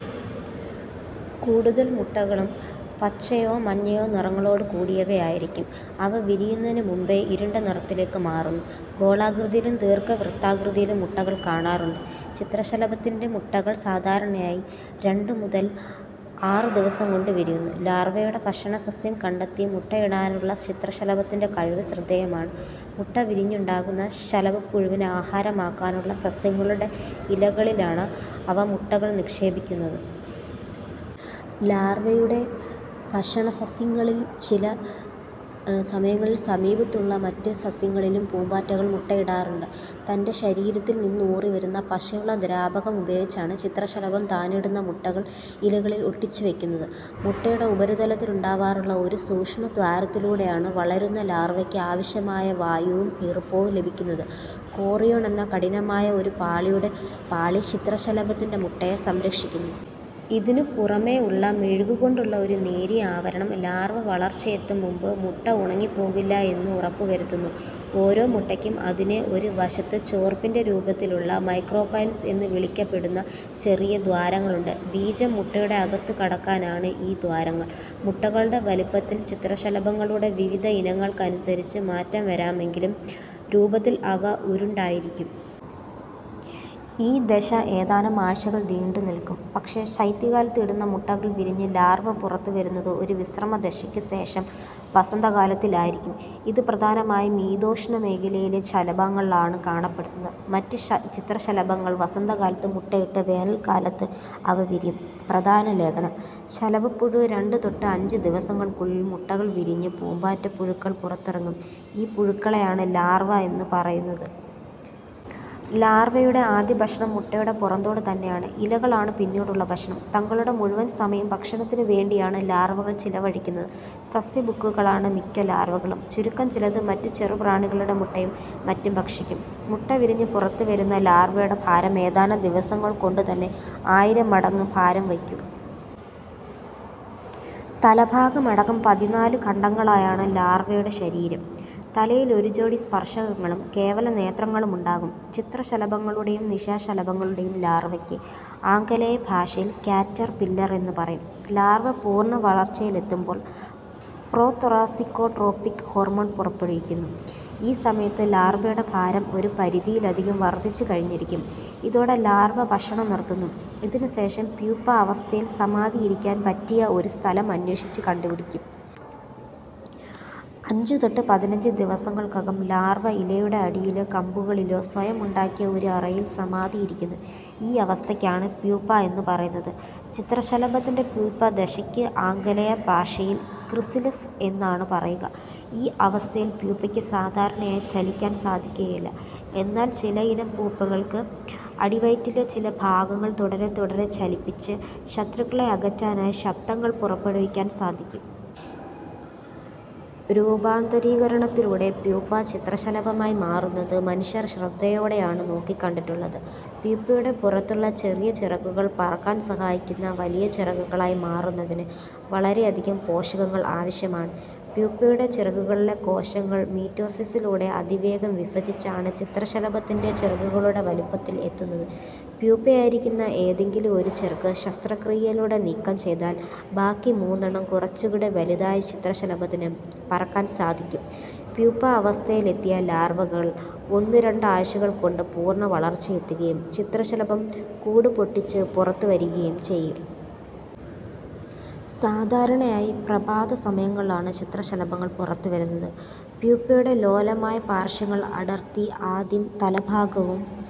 കൂടുതൽ മുട്ടകളും പച്ചയോ മഞ്ഞയോ നിറങ്ങളോടു കൂടിയവയായിരിക്കും. അവ വിരിയുന്നതിനു മുന്നെ ഇരുണ്ട നിറത്തിലേക്ക് മാറുന്നു. ഗോളാകൃതിയിലും ദീർഘവുത്താകൃതിയിലും മുട്ടകൾ കാണാറുണ്ട്. ചിത്രശലഭത്തിന്റെ മുട്ടകൾ സാധാരണയായി രണ്ടു മുതൽ ആറു ദിവസം കൊണ്ടു വിരിയുന്നു. ലാർവ്വയുടെ ഭക്ഷണസസ്യം കണ്ടെത്തി മുട്ടയിടാനുള്ള ചിത്രശലഭങ്ങളുടെ കഴിവ് ശ്രദ്ധേയമാണ്. മുട്ട വിരിഞ്ഞുണ്ടാവുന്ന ശലഭപ്പുഴുവിന്ന്ആഹാരമാക്കാനുള്ള സസ്യങ്ങളുടെ ഇലകളിലാണ് അവ മുട്ടകൾ നിക്ഷേപിക്കുന്നത്. ലാർവ്വയുടെ ഭക്ഷണസസ്യങ്ങളിലും ചില സമയങ്ങളിൽ സമീപത്തുള്ള മറ്റു സസ്യങ്ങളിലും പൂമ്പാറ്റകൾ മുട്ടയിടാറുണ്ട്. തന്റെ ശരീരത്തിൽ നിന്നൂറിവരുന്ന പശയുള്ള ദ്രാവകമുപയോഗിച്ചാണ് ചിത്രശലഭം താനിടുന്ന മുട്ടകൾ ഇലകളിൽ ഒട്ടിച്ചുവെയ്ക്കുന്നത്. മുട്ടയുടെ ഉപരിതലത്തിലുണ്ടാവാറുള്ള ഒരു സൂക്ഷ്മദ്വാരത്തിലൂടെയാണ് വളരുന്ന ലാർവക്ക് ആവശ്യത്തിന് വായുവും ഈർപ്പവും ലഭിക്കുന്നത്. 'കോറിയോൺ' എന്ന കഠിനമായ ഒരു പാളി ചിത്രശലഭത്തിന്റെ മുട്ടയെ സംരക്ഷിക്കുന്നു. ഇതിനു പുറമേ ഉള്ള മെഴുകുകൊണ്ടുള്ള ഒരു നേരിയ ആവരണം ലാർവ വളർച്ചയെത്തുംമുൻപ് മുട്ട ഉണങ്ങിപ്പോകില്ല എന്ന് ഉറപ്പുരുത്തുന്നു. ഓരോ മുട്ടയ്ക്കും അതിനെ ഒരു വശത്ത് ചോർപ്പിന്റെ രൂപത്തിലുള്ള 'മൈക്രോപൈൽസ്' എന്നു വിളിക്കപ്പെടുന്ന ചെറിയ ദ്വാരങ്ങളുണ്ട്. ബീജം മുട്ടയുടെ അകത്തുകടക്കാനാണ് ഈ ദ്വാരങ്ങൾ. മുട്ടകളുടെ വലിപ്പത്തിൽ ചിത്രശലഭങ്ങളുടെ വിവിധ ഇനങ്ങൾക്കനുസരിച്ച് മാറ്റം വരാമെങ്കിലും രൂപത്തിൽ അവ ഉരുണ്ടിട്ടായിരിക്കും. ഈ ദശ ഏതാനും ആഴ്ചകൾ നീണ്ടുനിൽക്കും. പക്ഷേ, ശൈത്യകാലത്ത് ഇടുന്ന മുട്ടകൾ വിരിഞ്ഞ് ലാർവ പുറത്തുവരുന്നത് ഒരു വിശ്രമ ദശക്ക് ശേഷം വസന്തകാലത്തിൽ ആയിരിക്കും. ഇതു പ്രധാനമായും മിതശീതോഷ്ണമേഖലയിലെ ചിത്രശലഭങ്ങളിലാണ് കാണപ്പെടുന്നത്. മറ്റ് ചിത്രശലഭങ്ങൾ വസന്തകാലത്ത് മുട്ടയിട്ട് വേനൽക്കാലത്ത് അവ വിരിയിക്കും. പ്രധാന ലേഖനം: ശലഭപ്പുഴു രണ്ട് തൊട്ട് അഞ്ച് ദിവസങ്ങൾക്കുള്ളിൽ മുട്ടകൾ വിരിഞ്ഞ് പൂമ്പാറ്റപ്പുഴുക്കൾ പുറത്തിറങ്ങും, ഈ പുഴുക്കളെയാണ് ലാർവ എന്നു പറയുന്നത്. ലാർവയുടെ ആദ്യഭക്ഷണം മുട്ടയുടെ പുറന്തോട് തന്നെയാണ്. ഇലകളാണ് പിന്നീടുള്ള ഭക്ഷണം. തങ്ങളുടെ മുഴുവൻ സമയവും ഭക്ഷണത്തിനു വേണ്ടിയാണ് ലാർവകൾ ചെലവഴിക്കുന്നത്. സസ്യഭുക്കുകളാണ് മിക്ക ലാർവകളും, ചുരുക്കം ചിലത് മറ്റ് ചെറുപ്രാണികളുടെ മുട്ടയും മറ്റും ഭക്ഷിക്കും. മുട്ടവിരിഞ്ഞുപുറത്തു വരുന്ന ലാർവയുടെ ഭാരം ഏതാനും ദിവസങ്ങൾ കൊണ്ടുതന്നെ ആയിരം മടങ്ങ് ഭാരം വയ്ക്കും. തലഭാഗമടക്കം പതിനാലുഖണ്ഡങ്ങളായാണ് ലാർവയുടെ ശരീരം. തലയിൽ ഒരുജോടി സ്പർശകങ്ങളും കേവലനേത്രങ്ങളുമുണ്ടാവും ചിത്രശലഭങ്ങളുടെയും നിശാശലഭങ്ങളുടെയും ലാർവയ്ക്ക് ആംഗലേയഭാഷയിൽ കാറ്റർപില്ലർ എന്നും പറയും. ലാർവ്വ പൂർണ്ണവളർച്ചയിലെത്തുമ്പോൾ പ്രോതൊറാസിക്കോട്രോപ്പിക് ഹോർമോൺ പുറപ്പെടുവിക്കുന്നു. ഈ സമയത്ത് ലാർവ്വയുടെ ഭാരം ഒരു പരിധിയിലധികം വർദ്ധിച്ചുകഴിഞ്ഞിരിക്കും. ഇതോടെ ലാർവ ഭക്ഷണം നിർത്തുന്നു, അതിനുശേഷം പ്യൂപ്പ അവസ്ഥയിൽ സമാധിയിരിക്കാൻ പറ്റിയ ഒരു സ്ഥലം അന്വേഷിച്ചു കണ്ടുപിടിക്കും. അഞ്ച് തൊട്ട് പതിനഞ്ച് ദിവസങ്ങൾക്കകം ലാർവ ഇലയുടെ അടിയിലോ, കമ്പുകളിലോ, സ്വയം ഉണ്ടാക്കിയ ഒരു ഉറയിൽ സമാധിയിലിരിക്കുന്നു, ഈ അവസ്ഥയ്ക്കാണ് പ്യൂപ്പ എന്നു പറയുന്നത്. ചിത്രശലഭത്തിന്റെ പ്യൂപ്പദശക്ക് ആംഗലേയഭാഷയിൽ ക്രിസലിസ് എന്നാണ് പറയുക. ഈ അവസ്ഥയിൽ പ്യൂപ്പക്ക് സാധാരണയായി ചലിക്കാൻ സാധിക്കുകയില്ല. എന്നാൽ ചില ഇനം പ്യൂപ്പകൾക്ക് അടിവയറ്റിലെ ചില ഭാഗങ്ങൾ തുടരെ തുടരെ ചലിപ്പിച്ച് ശത്രുക്കളെ അകറ്റാനായി ശബ്ദങ്ങൾ പുറപ്പെടുവിക്കാൻ സാധിക്കും. രൂപാന്തരീകരണത്തിലൂടെ പ്യൂപ്പ ചിത്രശലഭമായി മാറുന്നത് മനുഷ്യർ ശ്രദ്ധയോടെയാണ് നോക്കിക്കണ്ടിട്ടുള്ളത്. പ്യൂപ്പയുടെ പുറത്തുള്ള ചെറിയ ചിറകുകൾ പറക്കാൻ സഹായിക്കുന്ന വലിയ ചിറകുകളായി മാറുന്നതിന് വളരെയധികം പോഷകങ്ങൾ ആവശ്യമാണ്. പ്യൂപ്പയുടെ ചിറകുകളിലെ കോശങ്ങൾ മീറ്റോസിസിലൂടെ അതിവേഗം വിഭജിച്ച് ആണ് ചിത്രശലഭത്തിന്റെ ചിറകുകളുടെ വലിപ്പത്തിൽ എത്തുന്നത്. പ്യൂപ്പയായിരിക്കുന്ന ഏതെങ്കിലും ഒരു ചിറക് ശസ്ത്രക്രിയയിലൂടെ നീക്കം ചെയ്താൽ ബാക്കി മൂന്നെണ്ണം കുറച്ചുകൂടി വലുതായി ചിത്രശലഭത്തിന് പറക്കാൻ സാധിക്കും പ്യൂപ്പ അവസ്ഥയിലെത്തിയ ലാർവകൾ ഒന്നു രണ്ടാഴ്ചകൾ കൊണ്ട് പൂർണ്ണവളർച്ചയെത്തുകയും ചിത്രശലഭം കൂടു പൊട്ടിച്ചു പുറത്തുവരികയും ചെയ്യും. സാധാരണയായി പ്രഭാതസമയങ്ങളിലാണ് ചിത്രശലഭങ്ങൾ പുറത്തുവരുന്നത്. പ്യൂപ്പയുടെ ലോലമായ പാർശ്വങ്ങൾ അടർത്തി ആദ്യം തലഭാഗവും,